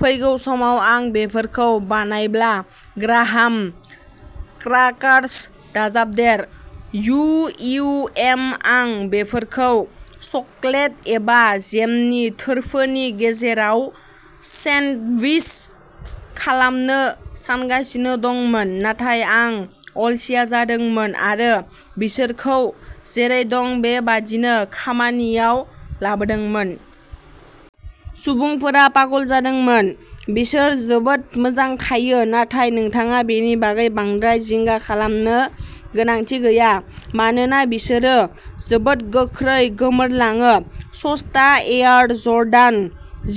फैगौ समाव आं बेफोरखौ बानायब्ला ग्राहाम क्राकार्स दाजाबदेर। यु इउ एम आं बेफोरखौ चकलेट एबा जेमनि थोरफोनि गेजेराव सेन्डविच खालामनो सानगासिनो दंमोन। नाथाय आं अलसिया जादोंमोन आरो बिसोरखौ जेरै दं बे बादिनो खामानियाव लाबोदोंमोन। सुबुंफोरा पागल जादोंमोन। बिसोर जोबोद मोजां थायो। नाथाय नोंथाङा बेनि बागै बांद्राय जिंगा खालामनो गोनांथि गैया। मानोना बिसोरो जोबोद गोख्रै गोमोरलाङो। सस्ता एयार जर्डान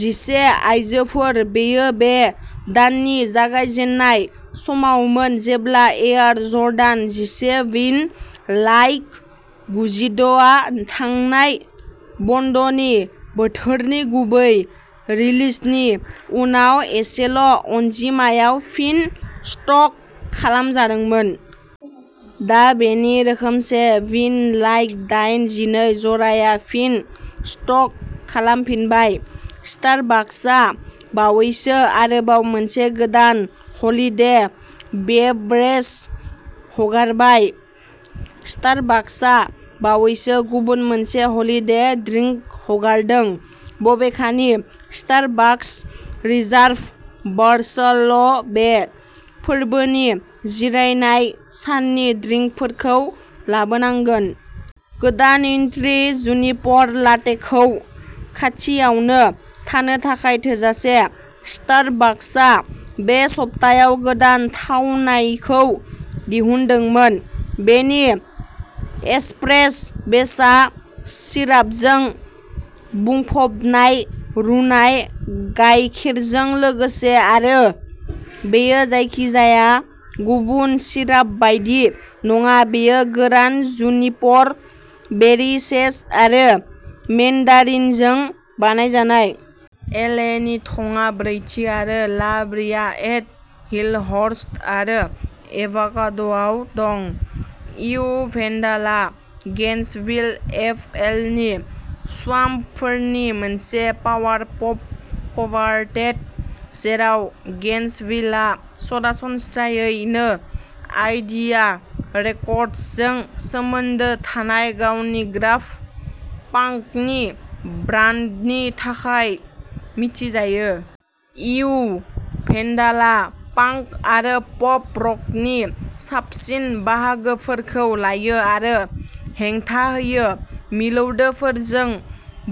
जिसे आयजोफोर बेयो बे दाननि जागायजेन्नाय समावमोन जेब्ला एयार जर्डान जिसे विन लाइक गुजिद’ आ थांनाय बन्दनि बोथोरनि गुबै रिलिजनि उनाव एसेल'अनजिमायाव फिन स्टक खालामजादोंमोन। दा बेनि रोखोमसे विन लाइक दाइन जिनै जराया फिन स्टक खालामफिनबाय। स्टारबाकसआ बावैसो आरोबाव मोनसे गोदान हलिदे बेवरेज हगारबाय स्टारबाकसआ बावैसो गुबुन मोनसे हलिदे ड्रिंक हगारदों। बबेखानि, स्टारबाकस रिजार्भ बार्साल'बे फोरबोनि जिरायनाय साननि ड्रिंकफोरखौ लाबोनांगोन। गोदान उइन्ट्री जुनिपर लाटेखौ खाथियावनो थानो थाखाय थोजासे। स्टारबाक्सआ बे सप्तायाव गोदान थावनायखौ दिहुनदोंमोन। बेनि एस्प्रेस'बेसआ सिरापजों बुंफबनाय रुनाय गायखेरजों लोगोसे आरो बेयो जायखिजाया गुबुन सिराप बायदि नङा बेयो गोरान जुनिपर बेरि सेज आरो मेन्डारिनजों बानायजानाय। एल ए नि थंआ ब्रैथि आरो ला ब्रिया एट हिलहर्स्ट आरो एभाकाद'आव दं। इउ भेन्डालआ गेन्सविल एफ एल नि स्वाम्पफोरनि मोनसे पावार पप कवारटेट। जेराव गेन्सविलआ सरासनस्रायै नो आइडिया रेकर्डसजों सोमोन्दो थानाय गावनि ग्राफ पांकनि ब्रान्डनि थाखाय मिथिजायो। इउ भेन्डालआ पांक आरो पप-रकनि साबसिन बाहागोफोरखौ लायो आरो हेंथा होयो। मिलौदोफोरजों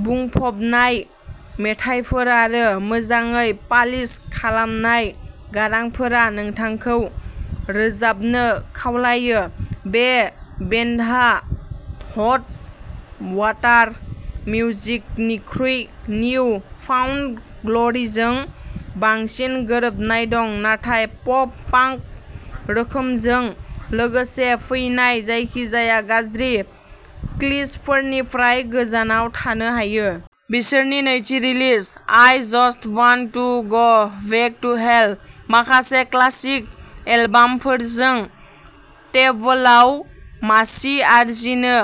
बुंफबनाय मेथाइफोर आरो मोजाङै पालिश खालामनाय गारांफोरा नोंथांखौ रोजाबनो खावलायो। बे बेन्डहा हट वाटार मिउजिकनिख्रुइ निउ फाउन्ड ग्ल'रिजों बांसिन गोरोबनाय दं, नाथाय पप-पांक रोखोमजों लोगोसे फैनाय जायखिजाया गाज्रि क्लिचफोरनिफ्राय गोजानाव थानो हायो। बिसोरनि नैथि release I just want to go back to hell. माखासे क्लासिक एलबामफोरजों टेबोलाव मासि आरजिनो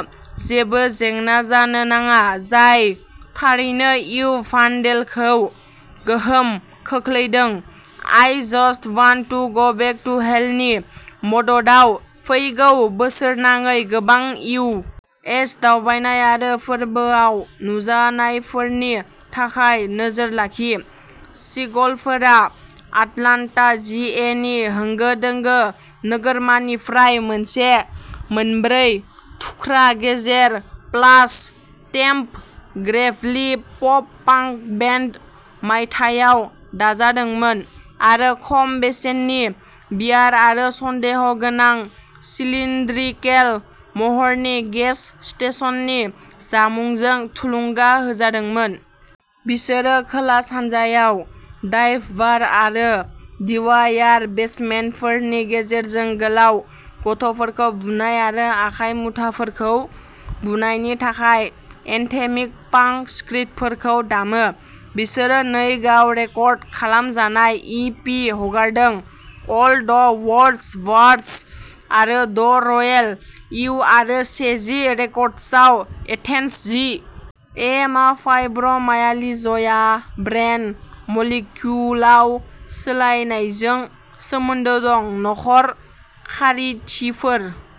जेबो जेंना जानो नाङा। जाय थारैनो इउ भानडेलखौ गोहोम खोख्लैदों। I just want to go back to हेलनि मददाव फैगौ बोसोरनाङै गोबां इउ एस दावबायनाय आरो फोरबोआव नुजानायफोरनि थाखाय नोजोर लाखि। सिगलफोरा आटलान्टा जि ए नि होंगो-दोंगो नोगोरमानिफ्राय मोनसे मोनब्रै थुख्रा गेजेर प्लास टेम्प' ग्रेभलि पप पांक बेन्ड। मायथाइयाव दाजादोंमोन आरो खम बेसेननि बियार आरो सन्देहगोनां सिलिन्ड्रिकेल महरनि गेस स्टेशननि जामुंजों थुलुंगा होजादोंमोन। बिसोरो खोला-सानजायाव डाइभ बार आरो डिवायार बेसमेन्टफोरनि गेजेरजों गोलाव गथ'फोरखौ बुनाय आरो आखाइ मुथाफोरखौ बुनायनि थाखाय एन्थेमिक पांक स्क्रीडफोरखौ दामो। बिसोरो नै गाव रेकर्ड खालामजानाय इ पि हगारदों। अल द वर्ल्ड्स वार्स आरो द रयेल उइ आरो से-जि रेकर्डसआव एथेन्स जि ए मा फाइब्र' मायालिजया ब्रेन मलिक्युलाव सोलायनायजों सोमोन्दो दं। न'खर खारिथिफोर